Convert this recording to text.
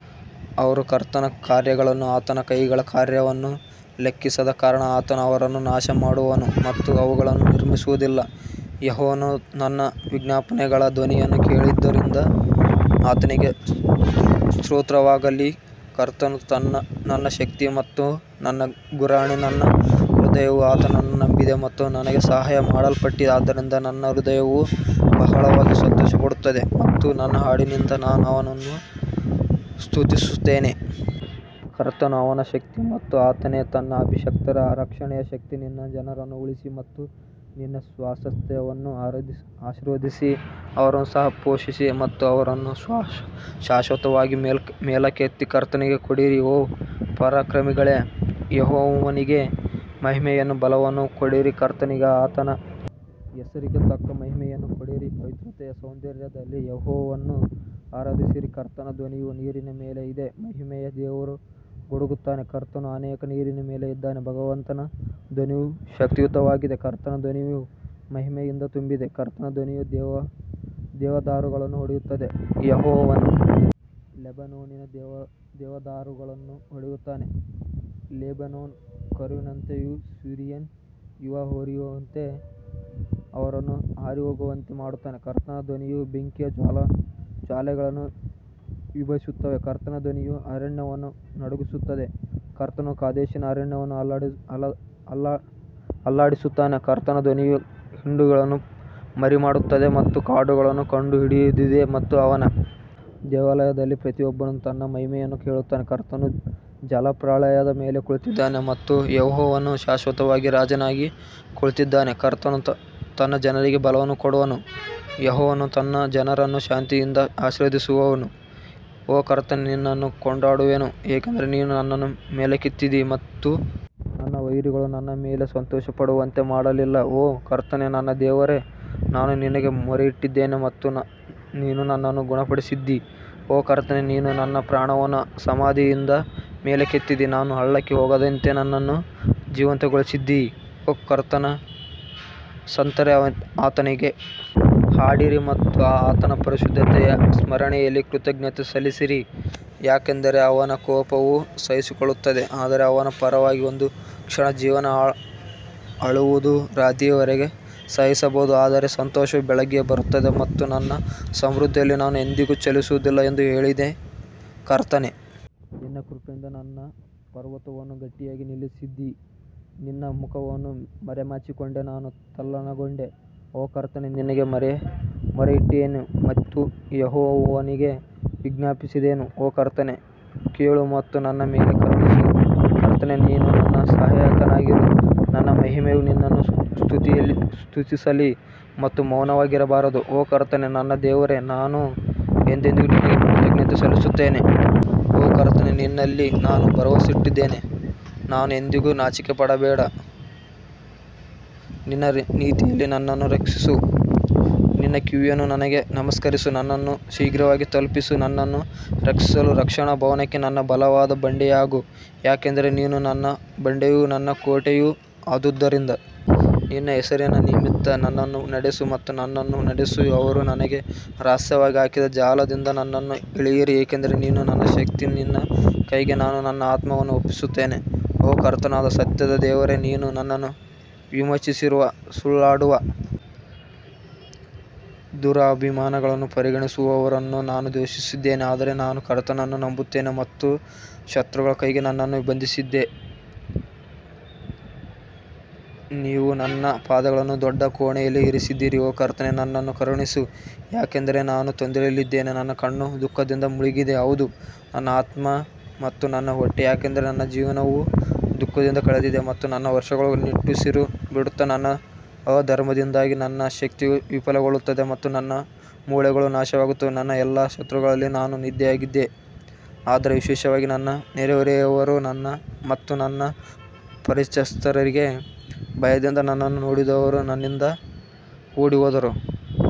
ಅವರು ಕರ್ತನ ಕಾರ್ಯಗಳನ್ನೂ ಆತನ ಕೈಗಳ ಕಾರ್ಯವನ್ನೂ ಲೆಕ್ಕಿಸದ ಕಾರಣ ಆತನು ಅವರನ್ನು ನಾಶಮಾಡುವನು ಮತ್ತು ಅವುಗಳನ್ನು ನಿರ್ಮಿಸುವುದಿಲ್ಲ ಯೆಹೋವನು ನನ್ನ ವಿಜ್ಞಾಪನೆಗಳ ಧ್ವನಿಯನ್ನು ಕೇಳಿದ್ದರಿಂದ ಆತನಿಗೆ ಸ್ತೋತ್ರವಾಗಲಿ ಕರ್ತನು ನನ್ನ ಶಕ್ತಿ ಮತ್ತು ನನ್ನ ಗುರಾಣಿ ನನ್ನ ಹೃದಯವು ಆತನನ್ನು ನಂಬಿದೆ ಮತ್ತು ನನಗೆ ಸಹಾಯ ಮಾಡಲ್ಪಟ್ಟಿದೆ ಆದ್ದರಿಂದ ನನ್ನ ಹೃದಯವು ಬಹಳವಾಗಿ ಸಂತೋಷಪಡುತ್ತದೆ ಮತ್ತು ನನ್ನ ಹಾಡಿನಿಂದ ನಾನು ಅವನನ್ನು ಸ್ತುತಿಸುತ್ತೇನೆ. ಕರ್ತನು ಅವರ ಶಕ್ತಿ ಮತ್ತು ಆತನೇ ತನ್ನ ಅಭಿಷಿಕ್ತರ ರಕ್ಷಣೆಯ ಶಕ್ತಿ ನಿನ್ನ ಜನರನ್ನು ಉಳಿಸಿ ಮತ್ತು ನಿನ್ನ ಸ್ವಾಸ್ತ್ಯವನ್ನು ಆಶೀರ್ವದಿಸಿ ಅವರನ್ನು ಸಹ ಪೋಷಿಸಿ ಮತ್ತು ಅವರನ್ನು ಶಾಶ್ವತವಾಗಿ ಮೇಲಕ್ಕೆತ್ತಿ ಕರ್ತನಿಗೆ ಕೊಡಿರಿ ಓ ಪರಾಕ್ರಮಿಗಳೇ ಯೆಹೋವನಿಗೆ ಮಹಿಮೆಯನ್ನೂ ಬಲವನ್ನೂ ಕೊಡಿರಿ ಕರ್ತನಿಗೆ ಆತನ ಹೆಸರಿಗೆ ತಕ್ಕ ಮಹಿಮೆಯನ್ನು ಕೊಡಿರಿ, ಪವಿತ್ರತೆಯ ಸೌಂದರ್ಯದಲ್ಲಿ ಯೆಹೋವನನ್ನು ಆರಾಧಿಸಿರಿ ಕರ್ತನ ಧ್ವನಿಯು ನೀರಿನ ಮೇಲೆ ಇದೆ ಮಹಿಮೆಯ ದೇವರು ಗುಡುಗುತ್ತಾನೆ ಕರ್ತನು ಅನೇಕ ನೀರಿನ ಮೇಲೆ ಇದ್ದಾನೆ ಭಗವಂತನ ಧ್ವನಿಯು ಶಕ್ತಿಯುತವಾಗಿದೆ ಕರ್ತನ ಧ್ವನಿಯು ಮಹಿಮೆಯಿಂದ ತುಂಬಿದೆ ಕರ್ತನ ಧ್ವನಿಯು ದೇವದಾರುಗಳನ್ನು ಒಡೆಯುತ್ತದೆ, ಯೆಹೋವನು ಲೆಬನೋನಿನ ದೇವದಾರುಗಳನ್ನು ಒಡೆಯುತ್ತಾನೆ ಲೆಬನೋನ್ ಕರುವಿನಂತೆಯೂ ಸಿರಿಯನ್ ಯುವ ಹೋರಿಯಂತೆಯೂ ಅವರನ್ನು ಹಾರಿಹೋಗುವಂತೆ ಮಾಡುತ್ತಾನೆ ಕರ್ತನ ಧ್ವನಿಯು ಬೆಂಕಿಯ ಜ್ವಾಲೆಗಳನ್ನು ವಿಭಜಿಸುತ್ತದೆ ಕರ್ತನ ಧ್ವನಿಯು ಅರಣ್ಯವನ್ನು ನಡುಗಿಸುತ್ತದೆ ಕರ್ತನು ಕಾದೇಶಿನ ಅರಣ್ಯವನ್ನು ಅಲ್ಲಾಡಿಸುತ್ತಾನೆ ಕರ್ತನ ಧ್ವನಿಯು ಹಿಂಡುಗಳನ್ನು ಮರಿಮಾಡುತ್ತದೆ ಮತ್ತು ಕಾಡುಗಳನ್ನು ಕಂಡುಹಿಡಿದಿದೆ ಮತ್ತು ಅವನ ದೇವಾಲಯದಲ್ಲಿ ಪ್ರತಿಯೊಬ್ಬನು ತನ್ನ ಮಹಿಮೆಯನ್ನು ಹೇಳುತ್ತಾನೆ ಕರ್ತನು ಜಲಪ್ರಳಯದ ಮೇಲೆ ಕುಳಿತಿದ್ದಾನೆ ಮತ್ತು ಯೆಹೋವನು ಶಾಶ್ವತವಾಗಿ ರಾಜನಾಗಿ ಕುಳಿತಿದ್ದಾನೆ ಕರ್ತನು ತನ್ನ ಜನರಿಗೆ ಬಲವನ್ನು ಕೊಡುವನು, ಯೆಹೋವನು ತನ್ನ ಜನರನ್ನು ಶಾಂತಿಯಿಂದ ಆಶೀರ್ವದಿಸುವನು ಓ ಕರ್ತನೇ ನಿನ್ನನ್ನು ಕೊಂಡಾಡುವೆನು ಏಕೆಂದರೆ ನೀನು ನನ್ನನ್ನು ಮೇಲಕ್ಕೆತ್ತಿದ್ದೀ ಮತ್ತು ನನ್ನ ವೈರಿಗಳು ನನ್ನ ಮೇಲೆ ಸಂತೋಷಪಡುವಂತೆ ಮಾಡಲಿಲ್ಲ ಓ ಕರ್ತನೇ ನನ್ನ ದೇವರೇ, ನಾನು ನಿನಗೆ ಮೊರೆಯಿಟ್ಟಿದ್ದೇನೆ ಮತ್ತು ನೀನು ನನ್ನನ್ನು ಗುಣಪಡಿಸಿದ್ದೀ ಓ ಕರ್ತನೇ, ನೀನು ನನ್ನ ಪ್ರಾಣವನ್ನು ಸಮಾಧಿಯಿಂದ ಮೇಲಕ್ಕೆತ್ತಿದ್ದೀ, ನಾನು ಹಳ್ಳಕ್ಕೆ ಹೋಗದಂತೆ ನನ್ನನ್ನು ಜೀವಂತಗೊಳಿಸಿದ್ದೀ ಓ ಕರ್ತನ ಸಂತರೇ ಆತನಿಗೆ ಹಾಡಿರಿ ಮತ್ತು ಆತನ ಪರಿಶುದ್ಧತೆಯ ಸ್ಮರಣೆಯಲ್ಲಿ ಕೃತಜ್ಞತೆ ಸಲ್ಲಿಸಿರಿ ಯಾಕಂದರೆ ಅವನ ಕೋಪವು ಸಹಿಸಿಕೊಳ್ಳುತ್ತದೆ ಆದರೆ ಅವನ ಪರವಾಗಿ ಒಂದು ಕ್ಷಣ ಜೀವನ ಅಳುವುದು ರಾತ್ರಿಯವರೆಗೆ ಸಹಿಸಬಹುದು ಆದರೆ ಸಂತೋಷವು ಬೆಳಿಗ್ಗೆ ಬರುತ್ತದೆ ಮತ್ತು ನನ್ನ ಸಮೃದ್ಧಿಯಲ್ಲಿ ನಾನು ಎಂದಿಗೂ ಚಲಿಸುವುದಿಲ್ಲ ಎಂದು ಹೇಳಿದೆ ಕರ್ತನೇ ನಿನ್ನ ಕೃಪೆಯಿಂದ ನನ್ನ ಪರ್ವತವನ್ನು ಗಟ್ಟಿಯಾಗಿ ನಿಲ್ಲಿಸಿದ್ದೀ ನಿನ್ನ ಮುಖವನ್ನು ಮರೆಮಾಚಿಕೊಂಡೆ ನಾನು ತಲ್ಲಣಗೊಂಡೆ ಓ ಕರ್ತನೇ ನಿನಗೆ ಮೊರೆಯಿಟ್ಟೆನು ಮತ್ತು ಯೆಹೋವನಿಗೆ ವಿಜ್ಞಾಪಿಸಿದೆನು ಓ ಕರ್ತನೇ ಕೇಳು ಮತ್ತು ನನ್ನ ಮೇಲೆ ಕರುಣಿಸು ಕರ್ತನೇ ನೀನು ನನ್ನ ಸಹಾಯಕನಾಗಿರು ನನ್ನ ಮಹಿಮೆಯು ನಿನ್ನನ್ನು ಸ್ತುತಿಸಲಿ ಮತ್ತು ಮೌನವಾಗಿರಬಾರದು, ಓ ಕರ್ತನೇ ನನ್ನ ದೇವರೇ, ನಾನು ಎಂದೆಂದಿಗೂ ನಿನಗೆ ಕೃತಜ್ಞತೆ ಸಲ್ಲಿಸುತ್ತೇನೆ. ಓ ಕರ್ತನೇ ನಿನ್ನಲ್ಲಿ ನಾನು ಭರವಸವಿಟ್ಟಿದ್ದೇನೆ ನಾನು ಎಂದಿಗೂ ನಾಚಿಕೆಪಡಬೇಡ ನಿನ್ನ ನೀತಿಯಲ್ಲಿ ನನ್ನನ್ನು ರಕ್ಷಿಸು ನಿನ್ನ ಕಿವಿಯನ್ನು ನನಗೆ ನಮಸ್ಕರಿಸಿ ನನ್ನನ್ನು ಶೀಘ್ರವಾಗಿ ತಲುಪಿಸಿ ನನ್ನನ್ನು ರಕ್ಷಿಸಲು ರಕ್ಷಣಾ ಭವನಕ್ಕೆ ನನ್ನ ಬಲವಾದ ಬಂಡೆಯಾಗು ಯಾಕಂದರೆ ನೀನು ನನ್ನ ಬಂಡೆಯೂ ನನ್ನ ಕೋಟೆಯೂ ಆದುದರಿಂದ ನಿನ್ನ ಹೆಸರಿನ ನಿಮಿತ್ತ ನನ್ನನ್ನು ನಡೆಸು ಮತ್ತು ನನ್ನನ್ನು ನಡೆಸು ಅವರು ನನಗೆ ರಹಸ್ಯವಾಗಿ ಹಾಕಿದ ಜಾಲದಿಂದ ನನ್ನನ್ನು ಎಳೆಯಿರಿ ಏಕೆಂದರೆ ನೀನು ನನ್ನ ಶಕ್ತಿ ನಿನ್ನ ಕೈಗೆ ನಾನು ನನ್ನ ಆತ್ಮವನ್ನು ಒಪ್ಪಿಸುತ್ತೇನೆ, ಓ ಕರ್ತನಾದ ಸತ್ಯದ ದೇವರೇ, ನೀನು ನನ್ನನ್ನು ವಿಮೋಚಿಸಿರುವೆ ಸುಳ್ಳಾಡುವ ದುರಭಿಮಾನಗಳನ್ನು ಪರಿಗಣಿಸುವವರನ್ನು ನಾನು ದ್ವೇಷಿಸಿದ್ದೇನೆ ಆದರೆ ನಾನು ಕರ್ತನನ್ನು ನಂಬುತ್ತೇನೆ ಮತ್ತು ಶತ್ರುಗಳ ಕೈಗೆ ನನ್ನನ್ನು ಬಂಧಿಸದೆ ನೀವು ನನ್ನ ಪಾದಗಳನ್ನು ದೊಡ್ಡ ಕೋಣೆಯಲ್ಲಿ ಇರಿಸಿದ್ದೀರಿ ಓ ಕರ್ತನೇ ನನ್ನನ್ನು ಕರುಣಿಸು ಯಾಕಂದರೆ ನಾನು ತೊಂದರೆಯಲ್ಲಿದ್ದೇನೆ ನನ್ನ ಕಣ್ಣು ದುಃಖದಿಂದ ಮುಳುಗಿದೆ ಹೌದು ನನ್ನ ಆತ್ಮ ಮತ್ತು ನನ್ನ ಹೊಟ್ಟೆ ಯಾಕಂದರೆ ನನ್ನ ಜೀವನವು ದುಃಖದಿಂದ ಕಳೆದಿದೆ ಮತ್ತು ನನ್ನ ವರ್ಷಗಳು ನಿಟ್ಟುಸಿರು ಬಿಡುತ್ತಾ ನನ್ನ ಅಧರ್ಮದಿಂದಾಗಿ ನನ್ನ ಶಕ್ತಿಯು ವಿಫಲಗೊಳ್ಳುತ್ತದೆ ಮತ್ತು ನನ್ನ ಮೂಳೆಗಳು ನಾಶವಾಗುತ್ತವೆ ನನ್ನ ಎಲ್ಲಾ ಶತ್ರುಗಳಲ್ಲಿ ನಾನು ನಿಂದೆಯಾಗಿದ್ದೆ ಆದರೆ ವಿಶೇಷವಾಗಿ ನನ್ನ ನೆರೆಹೊರೆಯವರಲ್ಲಿ ಮತ್ತು ನನ್ನ ಪರಿಚಯಸ್ಥರಿಗೆ ಭಯದಿಂದ ನನ್ನನ್ನು ನೋಡಿದವರು ನನ್ನಿಂದ ಓಡಿಹೋದರು.